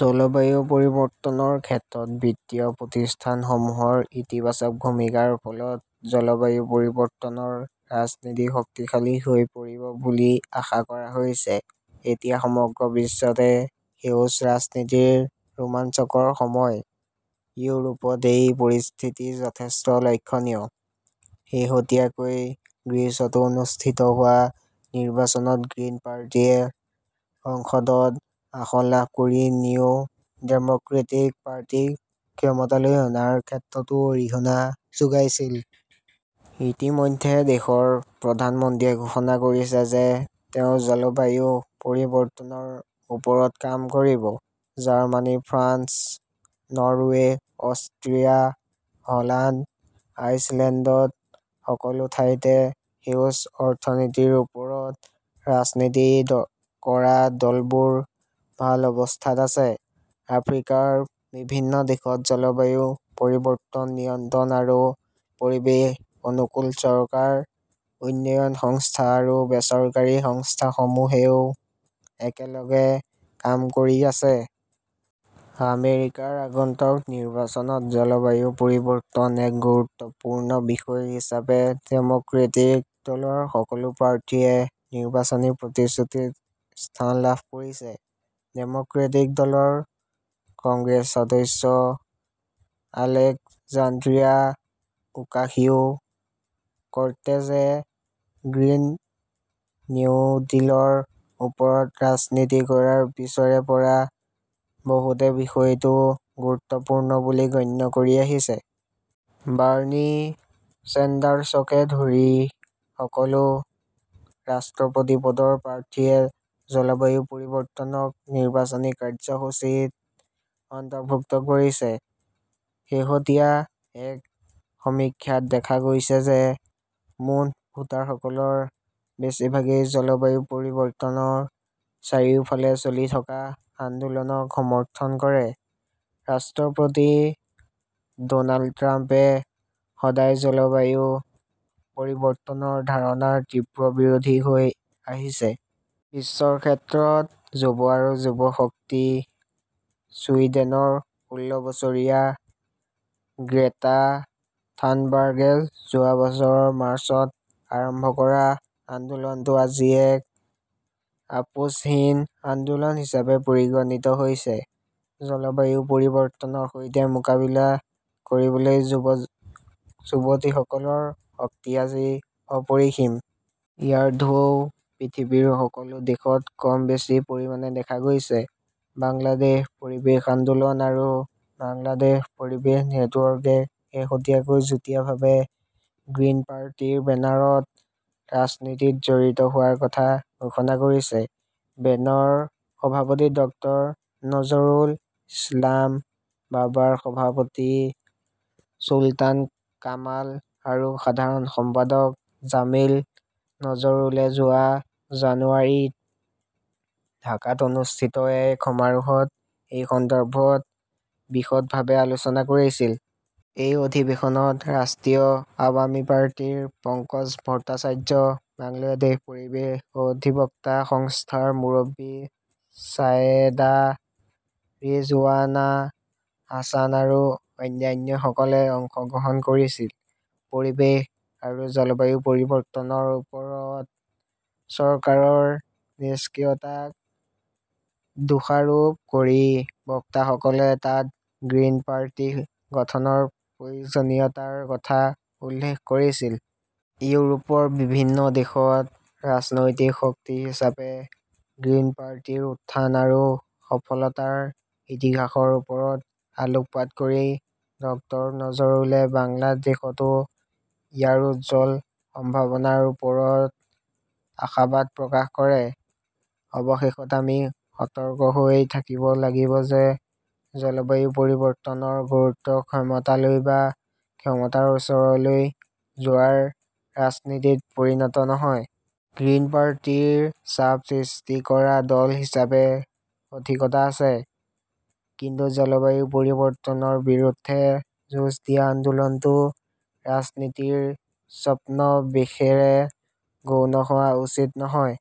জলবায়ু পৰিৱৰ্তনৰ ক্ষেত্ৰত বিত্তীয় প্ৰতিষ্ঠানসমূহৰ ইতিবাচক ভূমিকাৰ ফলত জলবায়ু পৰিৱৰ্তনৰ ৰাজনীতি শক্তিশালী হৈ পৰিব বুলি আশা কৰা হৈছে। এতিয়া সমগ্ৰ বিশ্বতে 'সেউজ 'ৰাজনীতিৰ ৰোমাঞ্চকৰ সময়। ইউৰোপত এই পৰিস্থিতি যথেষ্ট লক্ষণীয়। শেহতীয়াকৈ গ্ৰীচতো অনুষ্ঠিত হোৱা নিৰ্বাচনত গ্ৰীণ পাৰ্টিয়ে সংসদত আসন লাভ কৰি নিউ ডেম'ক্ৰেটিক পাৰ্টিক ক্ষমতালৈ অনাৰ ক্ষেত্ৰতো অৰিহণা যোগাইছিল। ইতিমধ্যে দেশৰ প্ৰধানমন্ত্ৰীয়ে ঘোষণা কৰিছে যে তেওঁ জলবায়ু পৰিৱৰ্তনৰ ওপৰত কাম কৰিব। Germany, France, Norway, Austria, Holland, আইচলেণ্ডত সকলো ঠাইতে সেউজ অৰ্থনীতিৰ ওপৰত ৰাজনীতি কৰা দলবোৰ ভাল অৱস্থাত আছে। আফ্ৰিকাৰ বিভিন্ন দেশত জলবায়ু পৰিৱৰ্তন নিয়ন্ত্ৰণ আৰু পৰিৱেশ অনুকূল চৰকাৰ, উন্নয়ন সংস্থা আৰু বেচৰকাৰী সংস্থাসমূহেও একেলগে কাম কৰি আছে। আমেৰিকাৰ আগন্তুক নিৰ্বাচনত জলবায়ু পৰিৱৰ্তন এক গুৰুত্বপূৰ্ণ বিষয় হিচাপে ডেম'ক্ৰেটিক দলৰ সকলো প্ৰাৰ্থীয়ে নিৰ্বাচনী প্ৰতিশ্ৰুতিত স্থান লাভ কৰিছে। ডেম'ক্ৰেটিক দলৰ কংগ্ৰেছ সদস্য আলেকজান্দ্ৰিয়া ওকাসিঅ"-কৰ্টেজে 'গ্ৰীণ নিউ ডিল 'ৰ ওপৰত ৰাজনীতি কৰাৰ পিছৰে পৰা বহুতে বিষয়টো গুৰুত্বপূৰ্ণ বুলি গণ্য কৰি আহিছে। বাৰ্নী ছেণ্ডাৰ্ছকে ধৰি সকলো ৰাষ্ট্ৰপতি পদৰ প্ৰাৰ্থীয়ে জলবায়ু পৰিৱৰ্তনক নিৰ্বাচনী কাৰ্যসূচীত অন্তৰ্ভুক্ত কৰিছে। শেহতীয়া এক সমীক্ষাত দেখা গৈছে যে মুঠ ভোটাৰসকলৰ বেছিভাগেই জলবায়ু পৰিৱৰ্তনৰ চাৰিওফালে চলি থকা আন্দোলনক সমৰ্থন কৰে। ৰাষ্ট্ৰপতি ড 'নাল্ড ট্ৰাম্পে সদায় জলবায়ু পৰিৱৰ্তনৰ ধাৰণাৰ তীব্ৰ বিৰোধী হৈ আহিছে। বিশ্বৰ ক্ষেত্ৰত যুৱ আৰু যুৱ শক্তি ছুইডেনৰ ষোল্ল বছৰীয়া গ্ৰেটা থানবাৰ্গে যোৱা বছৰৰ মাৰ্চত আৰম্ভ কৰা আন্দোলনটো আজি এক আপোচহীন আন্দোলন হিচাপে পৰিগণিত হৈছে। জলবায়ু পৰিৱৰ্তনৰ সৈতে মোকাবিলা কৰিবলৈ যুৱক-যুৱতীসকলৰ শক্তি আজি অপৰিসীম। ইয়াৰ ঢৌ পৃথিৱীৰ সকলো দেশত কম বেছি পৰিমাণে দেখা গৈছে। বাংলাদেশ পৰিৱেশ আন্দোলন আৰু বাংলাদেশ পৰিৱেশ নেটৱৰ্কে শেহতীয়াকৈ যুটীয়াভাৱে গ্ৰীণ পাৰ্টিৰ বেনাৰত ৰাজনীতিত জড়িত হোৱাৰ কথা ঘোষণা কৰিছে। বেনৰ সভাপতি ডক্টৰ নজৰুল ইছলাম, বাবাৰ সভাপতি চুলতান কামাল আৰু সাধাৰণ সম্পাদক জামিল নজৰুলে যোৱা জানুৱাৰীত ঢাকাত অনুষ্ঠিত এক সমাৰোহত এই সন্দৰ্ভত বিশদভাৱে আলোচনা কৰিছিল। এই অধিৱেশনত ৰাষ্ট্ৰীয় আৱামী পাৰ্টিৰ পঙ্কজ ভট্টাচাৰ্য, বাংলাদেশ পৰিৱেশ অধিবক্তা সংস্থাৰ মুৰব্বী ছায়েদা ৰিজৱানা হাছান আৰু অন্যান্যসকলে অংশগ্ৰহণ কৰিছিল। পৰিৱেশ আৰু জলবায়ু পৰিৱৰ্তনৰ ওপৰত চৰকাৰৰ নিষ্ক্ৰিয়তাক দোষাৰোপ কৰি বক্তাসকলে তাত গ্ৰীণ পাৰ্টি গঠনৰ প্ৰয়োজনীয়তাৰ কথা উল্লেখ কৰিছিল। ইউৰোপৰ বিভিন্ন দেশত ৰাজনৈতিক শক্তি হিচাপে গ্ৰীণ পাৰ্টিৰ উত্থান আৰু সফলতাৰ ইতিহাসৰ ওপৰত আলোকপাত কৰি ডক্টৰ নজৰুলে বাংলাদেশতো ইয়াৰ উজ্জ্বল সম্ভাৱনাৰ ওপৰত আশাবাদ প্ৰকাশ কৰে। অৱশেষত, আমি সতৰ্ক হৈ থাকিব লাগিব যে জলবায়ু পৰিৱৰ্তনৰ গুৰুত্ব ক্ষমতালৈ বা ক্ষমতাৰ ওচৰলৈ যোৱাৰ ৰাজনীতিত পৰিণত নহয়। গ্ৰীণ পাৰ্টিৰ চাপ সৃষ্টি কৰা দল হিচাপে সঠিকতা আছে। কিন্তু জলবায়ু পৰিৱৰ্তনৰ বিৰুদ্ধে যুঁজ দিয়া আন্দোলনটো ৰাজনীতিৰ ছদ্মবেশেৰে গৌণ হোৱা উচিত নহয়।